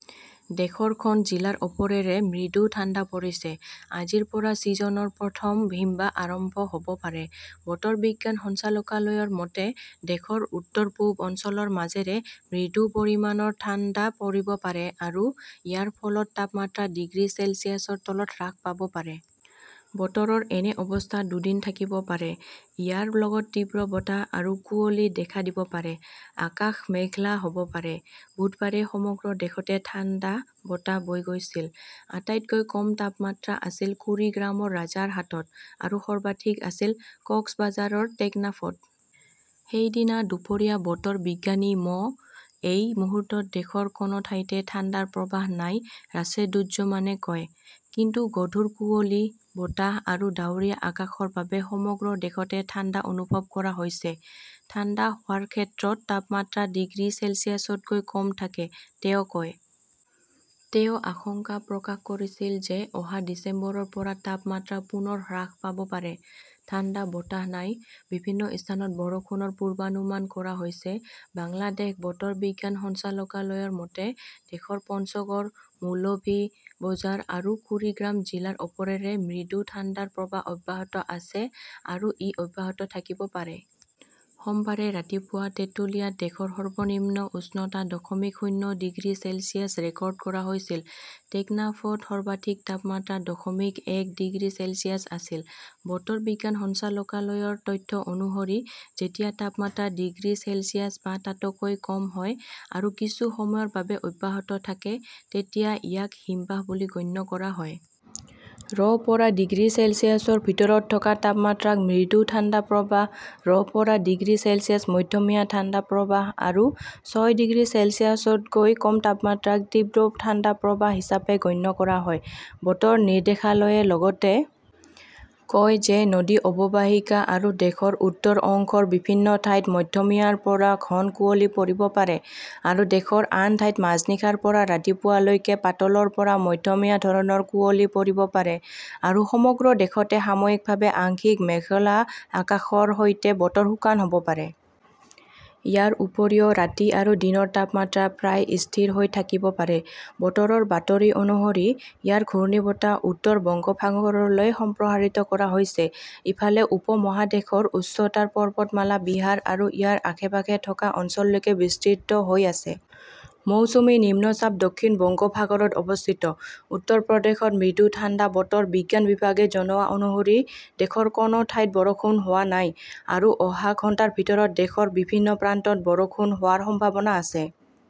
দেশৰ খন জিলাৰ ওপৰেৰে মৃদু ঠাণ্ডা পৰিছে। আজিৰ পৰা ছিজনৰ প্ৰথম হিমবাহ আৰম্ভ হ "ব পাৰে। বতৰ বিজ্ঞান সঞ্চালকালয়ৰ মতে, দেশৰ উত্তৰ-পূব অঞ্চলৰ মাজেৰে মৃদু পৰিমাণৰ ঠাণ্ডা পৰিব পাৰে আৰু ইয়াৰ ফলত তাপমাত্ৰা ডিগ্ৰী চেলছিয়াছৰ তলত হ্ৰাস পাব পাৰে। বতৰৰ এনে অৱস্থা দুদিন থাকিব পাৰে। ইয়াৰ লগত তীব্ৰ বতাহ আৰু কুঁৱলী দেখা দিব পাৰে। আকাশ মেঘলা হ "ব পাৰে। বুধবাৰে সমগ্ৰ দেশতে ঠাণ্ডা বতাহ বৈ গৈছিল। আটাইতকৈ কম তাপমাত্ৰা আছিল কুৰিগ্ৰামৰ ৰাজাৰহাটত আৰু সৰ্বাধিক আছিল কক্সবাজাৰৰ টেকনাফত। সেইদিনা দুপৰীয়া বতৰ বিজ্ঞানী মো. "এই মুহূৰ্তত দেশৰ কোনো ঠাইতে ঠাণ্ডাৰ প্ৰৱাহ নাই", ৰাচেদুজ্জমানে কয়। কিন্তু গধুৰ কুঁৱলী, বতাহ আৰু ডাৱৰীয়া আকাশৰ বাবে সমগ্ৰ দেশতে ঠাণ্ডা অনুভৱ কৰা হৈছে। "ঠাণ্ডা হোৱাৰ ক্ষেত্ৰত তাপমাত্ৰা ডিগ্ৰী চেলছিয়াছতকৈ কম থাকে, তেওঁ কয়। তেওঁ আশংকা প্ৰকাশ কৰিছিল যে অহা ডিচেম্বৰৰ পৰা তাপমাত্ৰা পুনৰ হ্ৰাস পাব পাৰে। ঠাণ্ডা বতাহ নাই, বিভিন্ন স্থানত বৰষুণৰ পূৰ্বানুমান কৰা হৈছে বাংলাদেশ বতৰ বিজ্ঞান সঞ্চালকালয়ৰ মতে, দেশৰ পঞ্চগড়, মৌলভি বজাৰ আৰু কুৰিগ্ৰাম জিলাৰ ওপৰেৰে মৃদু ঠাণ্ডাৰ প্ৰৱাহ অব্যাহত আছে আৰু ই অব্যাহত থাকিব পাৰে। সোমবাৰে ৰাতিপুৱা টেটুলিয়াত দেশৰ সৰ্বনিম্ন উষ্ণতা দশমিক শূন্য ডিগ্ৰী চেলছিয়াছ ৰেকৰ্ড কৰা হৈছিল। টেকনাফত সৰ্বাধিক তাপমাত্ৰা দশমিক এক ডিগ্ৰী চেলছিয়াছ আছিল। বতৰ বিজ্ঞান সঞ্চালকালয়ৰ তথ্য অনুসৰি, যেতিয়া তাপমাত্ৰা ডিগ্ৰী চেলছিয়াছ বা তাতকৈ কম হয় আৰু কিছু সময়ৰ বাবে অব্যাহত থাকে, তেতিয়া ইয়াক হিমবাহ বুলি গণ্য কৰা হয়। ৰ পৰা ডিগ্ৰী চেলছিয়াছৰ ভিতৰত থকা তাপমাত্ৰাক মৃদু ঠাণ্ডা প্ৰবাহ, ৰ পৰা ডিগ্ৰী চেলছিয়াছ মধ্যমীয়া ঠাণ্ডা প্ৰবাহ আৰু ছয় ডিগ্ৰী চেলছিয়াছতকৈ কম তাপমাত্ৰাক তীব্ৰ ঠাণ্ডা প্ৰবাহ হিচাপে গণ্য কৰা হয়। বতৰ নিৰ্দেশালয়ে লগতে কয় যে নদী অৱবাহিকা আৰু দেশৰ উত্তৰ অংশৰ বিভিন্ন ঠাইত মধ্যমীয়াৰ পৰা ঘন কুঁৱলী পৰিব পাৰে আৰু দেশৰ আন ঠাইত মাজনিশাৰ পৰা ৰাতিপুৱা লৈকে পাতলৰ পৰা মধ্যমীয়া ধৰণৰ কুঁৱলী পৰিব পাৰে আৰু সমগ্ৰ দেশতে সাময়িকভাৱে আংশিক মেঘলা আকাশৰ সৈতে বতৰ শুকান হ 'ব পাৰে। ইয়াৰ উপৰিও, ৰাতি আৰু দিনৰ তাপমাত্ৰা প্ৰায় স্থিৰ হৈ থাকিব পাৰে। বতৰৰ বাতৰি অনুসৰি, ইয়াৰ ঘূৰ্ণীবতাহ উত্তৰ বংগোপসাগৰলৈ সম্প্ৰসাৰিত কৰা হৈছে। ইফালে, উপমহাদেশৰ উচ্চতাৰ পৰ্বতমালা বিহাৰ আৰু ইয়াৰ আশে-পাশে থকা অঞ্চললৈকে বিস্তৃত হৈ আছে। মৌচুমী নিম্নচাপ দক্ষিণ বংগোপসাগৰত অৱস্থিত। উত্তৰ প্ৰদেশত মৃদু ঠাণ্ডা বতৰ বিজ্ঞান বিভাগে জনোৱা অনুসৰি দেশৰ কোনো ঠাইত বৰষুণ হোৱা নাই আৰু অহা ঘণ্টাৰ ভিতৰত দেশৰ বিভিন্ন প্ৰান্তত বৰষুণ হোৱাৰ সম্ভাৱনা আছে।